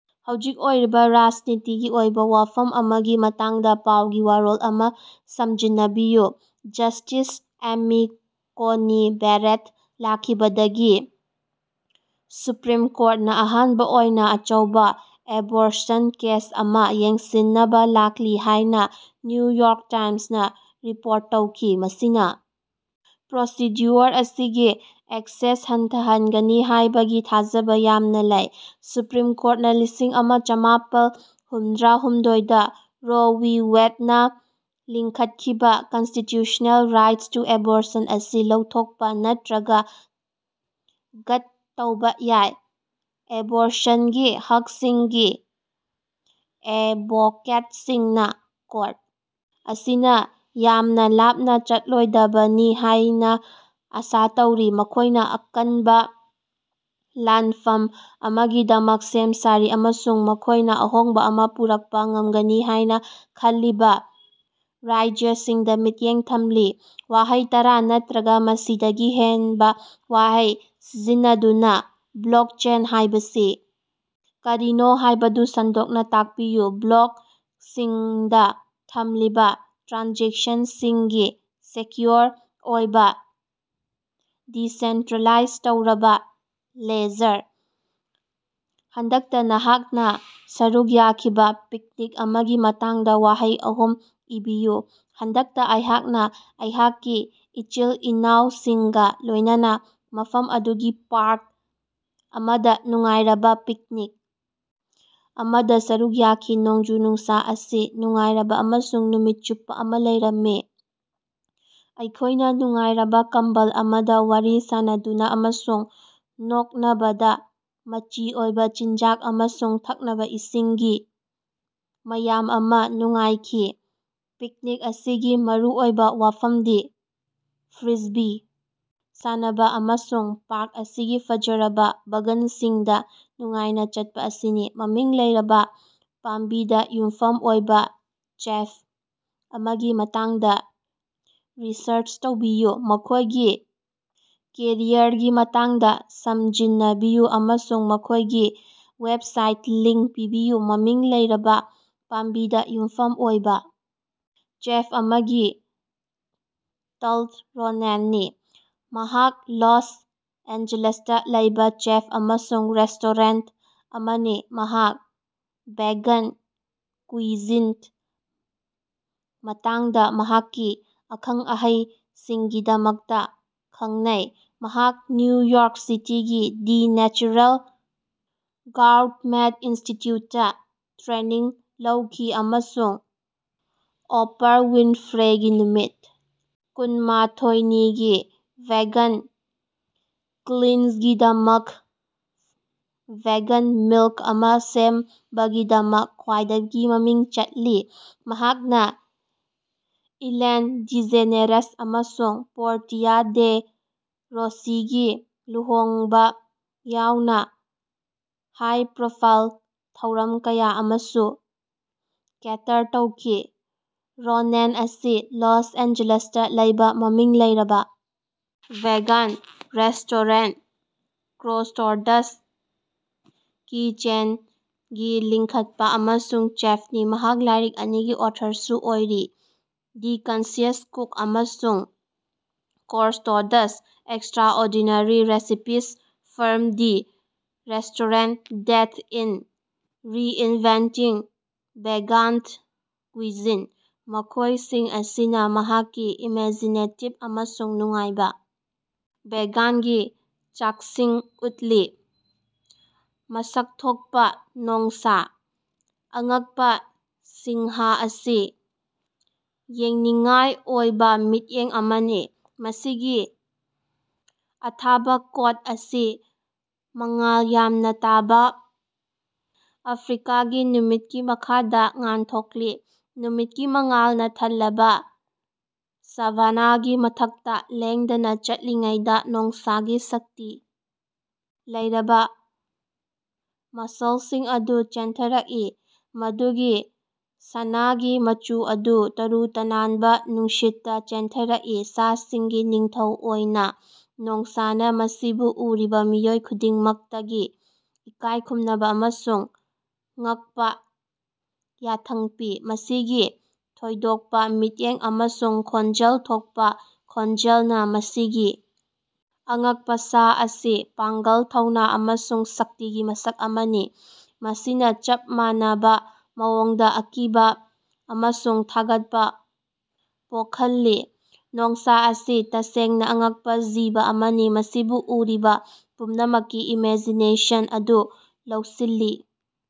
ꯍꯧꯖꯤꯛ ꯑꯣꯏꯔꯤꯕ ꯔꯥꯖꯅꯤꯇꯤꯒꯤ ꯑꯣꯏꯕ ꯋꯥꯐꯝ ꯑꯃꯒꯤ ꯃꯇꯥꯡꯗ ꯄꯥꯎꯒꯤ ꯋꯥꯔꯣꯜ ꯑꯃ ꯁꯝꯖꯤꯟꯅꯕꯤꯌꯨ꯫ ꯖꯁ꯭ꯇꯤꯁ ꯑꯦꯃꯤ ꯀꯣꯅꯤ ꯕꯦꯔꯦꯠ ꯂꯥꯛꯈꯤꯕꯗꯒꯤ ꯁꯨꯄ꯭ꯔꯤꯝ ꯀꯣꯔꯠꯅ ꯑꯍꯥꯟꯕ ꯑꯣꯏꯅ ꯑꯆꯧꯕ ꯑꯦꯕꯣꯔꯁꯟ ꯀꯦꯁ ꯑꯃ ꯌꯦꯡꯁꯤꯟꯅꯕ ꯂꯥꯛꯂꯤ ꯍꯥꯏꯅ ꯅ꯭ꯌꯨ ꯌ꯭ꯣꯔꯛ ꯇꯥꯏꯝꯁꯅ ꯔꯤꯄꯣꯔꯠ ꯇꯧꯈꯤ꯫ ꯃꯁꯤꯅ ꯄ꯭ꯔꯣꯁꯤꯗ꯭ꯌꯨꯑꯣꯔ ꯑꯁꯤꯒꯤ ꯑꯦꯛꯁꯦꯁ ꯍꯟꯊꯍꯟꯒꯅꯤ ꯍꯥꯏꯕꯒꯤ ꯊꯥꯖꯕ ꯌꯥꯝꯅ ꯂꯩ꯫ ꯁꯨꯄ꯭ꯔꯤꯝ ꯀꯣꯔꯠꯅ ꯂꯤꯁꯤꯡ ꯑꯃ ꯆꯃꯥꯄꯜ ꯍꯨꯝꯗꯔꯥ ꯍꯨꯝꯗꯣꯏꯗꯥ ꯔꯣ ꯋꯤ ꯋꯦꯗꯅ ꯂꯤꯡꯈꯠꯈꯤꯕ ꯀꯟꯁꯇꯤꯇ꯭ꯌꯨꯁꯅꯦꯜ ꯔꯥꯏꯠ ꯇꯨ ꯑꯦꯕꯣꯔꯁꯟ ꯑꯁꯤ ꯂꯧꯊꯣꯛꯄ ꯅꯠꯇꯔꯒ ꯒꯠ ꯇꯧꯕ ꯌꯥꯏ, ꯑꯦꯕꯣꯔꯁꯟꯒꯤ ꯍꯛꯁꯤꯡꯒꯤ ꯑꯦꯗꯕꯣꯀꯦꯠꯁꯁꯤꯡꯅ ꯀ꯭ꯣꯔꯠ ꯑꯁꯤꯅ ꯌꯥꯃꯅꯥ ꯂꯥꯞꯅ ꯆꯠꯂꯣꯏꯗꯕꯅꯤ ꯍꯥꯏꯅ ꯑꯁꯥ ꯇꯧꯔꯤ꯫ ꯃꯈꯣꯏꯅ ꯑꯀꯟꯕ ꯂꯥꯅꯐꯝ ꯑꯃꯒꯤꯗꯃꯛ ꯁꯦꯝ ꯁꯥꯔꯤ, ꯑꯃꯁꯨꯡ ꯃꯈꯣꯏꯅ ꯑꯍꯣꯡꯕ ꯑꯃ ꯄꯨꯔꯛꯄ ꯉꯝꯒꯅꯤ ꯍꯥꯏꯅ ꯈꯜꯂꯤꯕ ꯔꯥꯖ꯭ꯌꯁꯤꯡꯗ ꯃꯤꯠꯌꯦꯡ ꯊꯝꯂꯤ꯫ ꯋꯥꯍꯩ ꯇꯔꯥ ꯅꯠꯇꯔꯒ ꯃꯁꯤꯗꯒꯤ ꯍꯦꯟꯕ ꯋꯥꯍꯩ ꯁꯤꯖꯤꯟꯅꯗꯨꯅ ꯕ꯭ꯂꯣꯛꯆꯦꯟ ꯍꯥꯏꯕꯁꯤ ꯀꯔꯤꯅꯣ ꯍꯥꯏꯕꯗꯨ ꯁꯟꯗꯣꯛꯅ ꯇꯥꯛꯄꯤꯌꯨ꯫ ꯕ꯭ꯂꯣꯛꯁꯤꯡꯗ ꯊꯝꯂꯤꯕ ꯇ꯭ꯔꯥꯟꯖꯦꯛꯁꯟꯁꯤꯡꯒꯤ ꯁꯦꯀ꯭ꯌꯨꯑꯣꯔ ꯑꯣꯏꯕ, ꯗꯤꯁꯦꯟꯇ꯭ꯔꯦꯂꯥꯏꯖ ꯇꯧꯔꯕ ꯂꯦꯖꯔ꯫ ꯍꯟꯗꯛꯇ ꯅꯍꯥꯛꯅ ꯁꯔꯨꯛ ꯌꯥꯈꯤꯕ ꯄꯤꯛꯅꯤꯛ ꯑꯃꯒꯤ ꯃꯇꯥꯡꯗ ꯋꯥꯍꯩ ꯑꯍꯨꯝ ꯏꯕꯤꯌꯨ꯫ ꯍꯟꯗꯛꯇ ꯑꯩꯍꯥꯛꯅ ꯑꯩꯍꯥꯛꯀꯤ ꯏꯆꯤꯜ-ꯏꯅꯥꯑꯣꯁꯤꯡꯒ ꯂꯣꯏꯅꯅ ꯃꯐꯝ ꯑꯗꯨꯒꯤ ꯄꯥ꯭ꯔꯛ ꯑꯃꯗ ꯅꯨꯡꯉꯥꯏꯔꯕ ꯄꯤꯛꯅꯤꯛ ꯑꯃꯗ ꯁꯔꯨꯛ ꯌꯥꯈꯤ꯫ ꯅꯣꯡꯖꯨ-ꯅꯨꯡꯁꯥ ꯑꯁꯤ ꯅꯨꯡꯉꯥꯏꯔꯕ ꯑꯃꯁꯨꯡ ꯅꯨꯃꯤꯠ ꯆꯨꯞꯄ ꯑꯃ ꯂꯩꯔꯝꯃꯤ, ꯑꯩꯈꯣꯏꯅ ꯅꯨꯡꯉꯥꯏꯔꯕ ꯀꯝꯕꯜ ꯑꯃꯗ ꯋꯥꯔꯤ ꯁꯥꯅꯗꯨꯅ ꯑꯃꯁꯨꯡ ꯅꯣꯛꯅꯕꯗ ꯃꯆꯤ ꯑꯣꯏꯕ ꯆꯤꯟꯖꯥꯛ ꯑꯃꯁꯨꯡ ꯊꯛꯅꯕ ꯏꯁꯤꯡꯒꯤ ꯃꯌꯥꯝ ꯑꯃ ꯅꯨꯡꯉꯥꯏꯈꯤ꯫ ꯄꯤꯛꯅꯤꯛ ꯑꯁꯤꯒꯤ ꯃꯔꯨꯑꯣꯏꯕ ꯋꯥꯐꯝꯗꯤ ꯐ꯭ꯔꯤꯁꯕꯤ ꯁꯥꯟꯅꯕ ꯑꯃꯁꯨꯡ ꯄꯥ꯭ꯔꯛ ꯑꯁꯤꯒꯤ ꯐꯖꯔꯕ ꯕꯥꯒꯥꯟꯁꯤꯡꯗ ꯅꯨꯡꯉꯥꯏꯅ ꯆꯠꯄ ꯑꯁꯤꯅꯤ꯫ ꯃꯃꯤꯡ ꯂꯩꯔꯕ ꯄꯥꯝꯕꯤꯗ ꯌꯨꯝꯐꯝ ꯑꯣꯏꯕ ꯆꯦꯐ ꯑꯃꯒꯤ ꯃꯇꯥꯡꯗ ꯔꯤꯁꯔꯆ ꯇꯧꯕꯤꯌꯨ, ꯃꯈꯣꯏꯒꯤ ꯀꯦꯔꯤꯌꯔꯒꯤ ꯃꯇꯥꯡꯗ ꯁꯝꯖꯤꯟꯅꯕꯤꯌꯨ ꯑꯃꯁꯨꯡ ꯃꯈꯣꯏꯒꯤ ꯋꯦꯕꯁꯥꯏꯠ ꯂꯤꯡꯛ ꯄꯤꯕꯤꯌꯨ꯫ ꯃꯃꯤꯡ ꯂꯩꯔꯕꯥ ꯄꯥꯝꯕꯤꯗ ꯌꯨꯝꯐꯝ ꯑꯣꯏꯕ ꯆꯦꯐ ꯑꯃꯗꯤ ꯇꯥꯜ ꯔꯣꯅꯦꯟꯅꯤ꯫ ꯃꯍꯥꯛ ꯂꯣꯁ ꯑꯦꯟꯖꯦꯜꯁꯇ ꯂꯩꯕ ꯆꯦꯐ ꯑꯃꯁꯨꯡ ꯔꯦꯁꯇꯣꯔꯦꯟꯠ ꯑꯃꯅꯤ, ꯃꯍꯥꯛ ꯚꯦꯒꯥꯟ ꯀꯨꯏꯖꯤꯟ ꯃꯇꯥꯡꯗ ꯃꯍꯥꯛꯀꯤ ꯑꯈꯪ-ꯑꯍꯩꯁꯤꯡꯒꯤꯗꯃꯛꯇ ꯈꯉꯅꯩ꯫ ꯃꯍꯥꯛ ꯅ꯭ꯌꯨ ꯌ꯭ꯣꯔꯛ ꯁꯤꯇꯤꯒꯤ ꯗꯤ ꯅꯦꯆꯦꯔꯦꯜ ꯒꯧꯔꯃꯦꯠ ꯏꯟꯁꯇꯤꯠꯌꯨꯠꯇ ꯇ꯭ꯔꯦꯅꯤꯡ ꯂꯧꯈꯤ ꯑꯃꯁꯨꯡ ꯑꯣꯄ꯭ꯔꯥ ꯋꯤꯟꯐ꯭ꯔꯦꯒꯤ ꯅꯨꯃꯤꯠ ꯀꯨꯟ ꯃꯥꯊꯣꯏꯅꯤꯒꯤ ꯚꯦꯒꯥꯟ ꯀ꯭ꯂꯤꯟꯖꯒꯤꯗꯃꯛ ꯚꯦꯒꯥꯟ ꯃꯤꯜ ꯑꯃ ꯁꯦꯝꯕꯒꯤꯗꯃꯛ ꯈ꯭ꯋꯥꯏꯗꯒꯤ ꯃꯃꯤꯡ ꯆꯠꯂꯤ꯫ ꯃꯍꯥꯛꯅꯥ ꯏꯂꯦꯟ ꯗꯤꯖꯦꯅꯦꯔꯦꯁ ꯑꯃꯁꯨꯡ ꯄꯣꯔꯇꯤꯌꯥ ꯗꯦ ꯔꯣꯁꯤꯒꯤ ꯂꯨꯍꯣꯡꯕ ꯌꯥꯎꯅ ꯍꯥꯏ-ꯄ꯭ꯔꯣꯐꯥꯏꯜ ꯊꯧꯔꯝ ꯀꯌꯥ ꯑꯃꯁꯨ ꯀꯦꯇꯔ ꯇꯧꯈꯤ꯫ ꯔꯣꯅꯦꯟ ꯑꯁꯤ ꯂꯣꯁ ꯑꯦꯟꯖꯦꯜꯁꯇ ꯂꯩꯕꯥ ꯃꯃꯤꯡ ꯂꯩꯔꯕꯥ ꯚꯦꯒꯥꯟ ꯔꯦꯁ꯭ꯇꯣꯔꯦꯟꯠ ꯀ꯭ꯔꯣꯁꯔꯣꯗꯁ ꯀꯤꯆꯦꯟꯒꯤ ꯂꯤꯡꯈꯠꯄꯥ ꯑꯃꯁꯨꯡ ꯆꯦꯐꯅꯤ꯫ ꯃꯍꯥꯛ ꯂꯥꯏꯔꯤꯛ ꯑꯅꯤꯒꯤ ꯑꯣꯊꯣꯔꯁꯨ ꯑꯣꯏꯔꯤ, "ꯗꯤ ꯀꯟꯁꯤꯌꯁ ꯀꯨꯛ" ꯑꯃꯁꯨꯡ "Crossroads: extraordinary recipes from the restaurant that is reinventing vegan cuisine", ꯃꯈꯣꯏꯁꯤꯡ ꯑꯁꯤꯅ ꯃꯍꯥꯛꯀꯤ ꯏꯃꯦꯖꯤꯅꯦꯇꯤꯕ ꯑꯃꯁꯨꯡ ꯅꯨꯡꯉꯥꯏꯕ ꯚꯦꯒꯥꯟꯒꯤ ꯆꯥꯛꯁꯤꯡ ꯎꯠꯂꯤ꯫ ꯃꯁꯛ ꯊꯣꯛꯄ ꯅꯣꯡꯁꯥ꯫ ꯑꯉꯛꯄ ꯁꯤꯡꯍ ꯑꯁꯤ ꯌꯦꯡꯅꯤꯡꯉꯥꯏ ꯑꯣꯏꯕ ꯃꯤꯠꯌꯦꯡ ꯑꯃꯅꯤ, ꯃꯁꯤꯒꯤ ꯑꯊꯥꯕꯥ ꯀꯣꯠ ꯑꯁꯤ ꯃꯉꯥꯜ ꯌꯥꯝꯅ ꯇꯥꯕ, ꯑꯐ꯭ꯔꯤꯀꯥꯒꯤ ꯅꯨꯃꯤꯠꯀꯤ ꯃꯈꯥꯗ ꯉꯥꯟꯊꯣꯛꯂꯤ꯫ ꯅꯨꯃꯤꯠꯀꯤ ꯃꯉꯥꯜꯅꯥ ꯊꯜꯂꯕ ꯁꯥꯚꯥꯅꯥꯒꯤ ꯃꯊꯛꯇ ꯂꯦꯡꯗꯅ ꯆꯠꯂꯤꯉꯩꯗ ꯅꯣꯡꯁꯥꯒꯤ ꯁꯛꯇꯤ ꯂꯩꯔꯕ ꯃꯁꯜꯁꯤꯡ ꯑꯗꯨ ꯆꯦꯟꯊꯔꯛꯏ, ꯃꯗꯨꯒꯤ ꯁꯅꯥꯒꯤ ꯃꯆꯨ ꯑꯗꯨ ꯇꯔꯨ ꯇꯅꯥꯟꯕ ꯅꯨꯡꯁꯤꯠꯇ ꯆꯦꯟꯊꯔꯛꯏ꯫ ꯁꯥꯁꯤꯡꯒꯤ ꯅꯤꯡꯊꯧ ꯑꯣꯏꯅ, ꯅꯣꯡꯁꯥꯅ ꯃꯁꯤꯕꯨ ꯎꯔꯤꯕ ꯃꯤꯑꯣꯏ ꯈꯨꯗꯤꯡꯃꯛꯇꯒꯤ ꯏꯀꯥꯏꯈꯨꯝꯅꯕ ꯑꯃꯁꯨꯡ ꯉꯛꯄ ꯌꯥꯊꯪ ꯄꯤ, ꯃꯁꯤꯒꯤ ꯊꯣꯏꯗꯣꯛꯄ ꯃꯤꯠꯌꯦꯡ ꯑꯃꯁꯨꯡ ꯈꯣꯟꯖꯦꯜ ꯊꯣꯛꯄ ꯈꯣꯟꯖꯦꯜꯅ꯫ ꯃꯁꯤꯒꯤ ꯑꯉꯛꯄ ꯁꯥ ꯑꯁꯤ ꯄꯥꯡꯒꯜ, ꯊꯧꯅꯥ ꯑꯃꯁꯨꯡ ꯁꯛꯇꯤꯒꯤ ꯃꯁꯛ ꯑꯃꯅꯤ, ꯃꯁꯤꯅ ꯆꯞ ꯃꯥꯟꯅꯕ ꯃꯑꯣꯡꯗ ꯑꯀꯤꯕ ꯑꯃꯁꯨꯡ ꯊꯥꯒꯠꯄ ꯄꯣꯈꯜꯂꯤ꯫ ꯅꯣꯡꯁꯥ ꯑꯁꯤ ꯇꯁꯦꯡꯅ ꯑꯉꯛꯄ ꯖꯤꯕ ꯑꯃꯅꯤ, ꯃꯁꯤꯕꯨ ꯎꯔꯤꯕꯥ ꯄꯨꯝꯅꯃꯛꯀꯤ ꯏꯃꯦꯖꯤꯅꯦꯁꯟ ꯑꯗꯨ ꯂꯧꯁꯤꯜꯂꯤ꯫